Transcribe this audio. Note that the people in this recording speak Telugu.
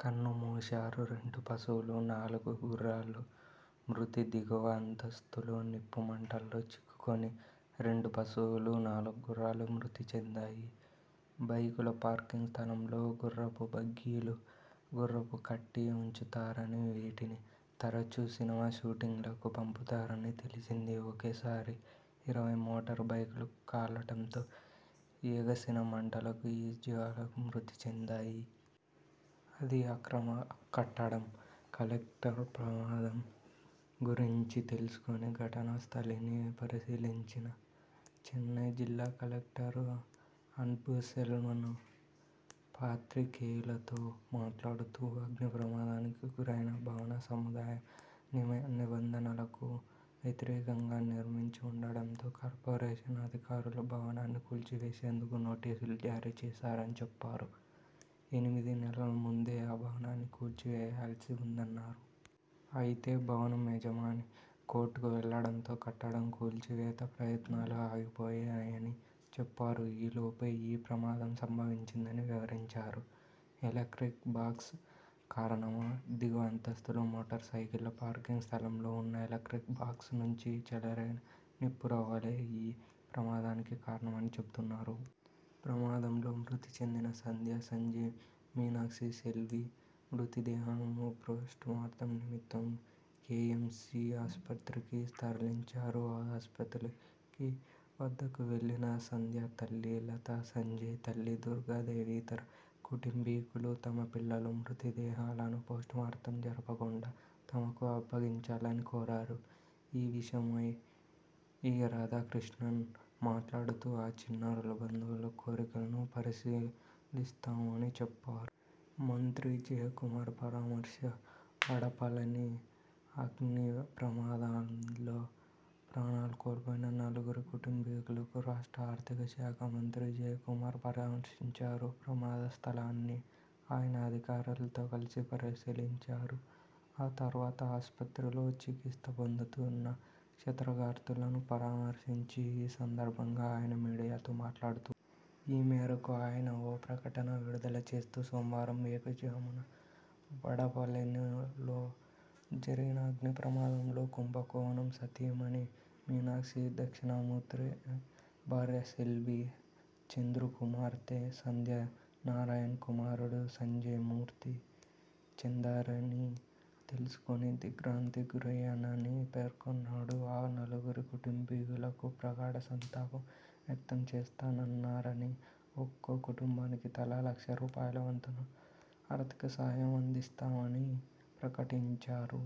కన్ను మూశారు. రెండు పశువులు, నాలుగు గుర్రాలు మృతిదిగువ అంతస్తులో నిప్పుమంటల్లో చిక్కుకుని రెండు పశువులు, నాలుగు గుర్రాలు మృతి చెందాయి. బైకుల పార్కింగ్ తలంలో గుర్రపు బగ్గీలు, గుర్రాలు కట్టి ఉంచుతారని, వీటిని తరచూ సినిమా షూటింగ్లకు పంపుతారని తెలిసింది. ఒకేసారి ఇరవై మోటారు బైకులు కాలటంతో ఎగసిన మంటలకు ఈ జీవాలు మృతి చెందాయి. అది అక్రమ కట్టడం: కలెక్టర్ప్రమాదం గురించి తెలుసుకొని ఘటనాస్థలిని పరిశీలించిన చెన్నై జిల్లా కలెక్టర్ అన్బుసెల్వన్ పాత్రికేయులతో మాట్లాడుతూ.. అగ్నిప్రమాదానికి గురైన భవనసముదాయం నియమనిబంధనలకు వ్యతిరేకంగా నిర్మించి ఉండటంతో కార్పొరేషన్ అధికారులు భవనాన్ని కూల్చివేసేందుకు నోటీసులు జారీ చేశారని చెప్పారు. ఎనిమిది నెలల ముందే ఆ భవనాన్ని కూల్చివేయాల్సి ఉందన్నారు. అయితే భవనం యజమాని కోర్టుకు వెళ్లడంతో కట్టడం కూల్చివేత ప్రయత్నాలు ఆగిపోయాయని చెప్పారు. ఈలోపే ఈ ప్రమాదం సంభవించిందని వివరించారు. ఎలక్ట్రికల్ బాక్స్ కారణమా? దిగువ అంతస్తులో మోటారు సైకిళ్ల పార్కింగ్ స్థలంలో ఉన్న ఎలక్ర్టిక్ బాక్స్ నుంచి చెలరేగిన నిప్పురవ్వలే ఈ ప్రమాదానికి కారణమని చెబుతున్నారు. ప్రమాదంలో మృతిచెందిన సంఽధ్య, సంజయ్, మీనాక్షి, సెల్వి మృతిదేహాలను పోస్టుమార్టం నిమిత్తం కేఎంసీ ఆస్పత్రికి తరలించారు. ఆ ఆస్పత్రికి వద్దకు వెళ్లిన సంధ్య తల్లి లతా, సంజయ్ తల్లి దుర్గాదేవి ఇతర కుటుంబీకులు తమపిల్లల మృతదేహాలను పోస్టుమార్టం జరుపకుండా తమకు అప్పగించాలని కోరారు. ఈ విషయమై ఈ రాధాకృష్ణన్ మాట్లాడుతూ ఆ చిన్నారుల బంధువుల కోరికను పరిశీలిస్తామని చెప్పారు. మంత్రి జయకుమార్ పరామర్శ.. వడపళని అగ్నిప్రమాదంలో ప్రాణాలు కోల్పోయిన నలుగురి కుటుంబీకులను రాష్ట్ర ఆర్థిక శాఖ మంత్రి జయకుమార్ పరామర్శించారు. ప్రమా దస్థలాన్ని ఆయన అధికారులతో కలిసి పరిశీలించారు. ఆ తర్వాత ఆస్పత్రిలో చికిత్స పొందుతున్న క్షత్రగాత్రులను పరామర్శించి ఈ సందర్భంగా ఆయన మీడియాతో మాట్లాడుతూ.. ఈ మేరకు ఆయన ఓ ప్రకటన విడుదల చేస్తూ సోమవారం వేకువజామున వడపళనిలో జరిగిన అగ్నిప్రమాదంలో కుంభకోణం సతీమణి మీనాక్షి, దక్షిణామూర్తి భార్య సెల్వి, చంద్రు కుమార్తె సంధ్యా, నారాయణన్ కుమారుడు సంజయ్ మృతి చెందారని తెలుసుకుని దిగ్ర్భాంతి గురయ్యానని పేర్కొన్నారు. ఆ నలుగురి కుటుంబీకులకు ప్రగాఢ సంతాపం వ్యక్తంచేస్తున్నారని, ఒక్కో కుటుంబానికి తలా లక్ష రూపాయల వంతున ఆర్థిక సహాయం అందిస్తామని ప్రకటించారు.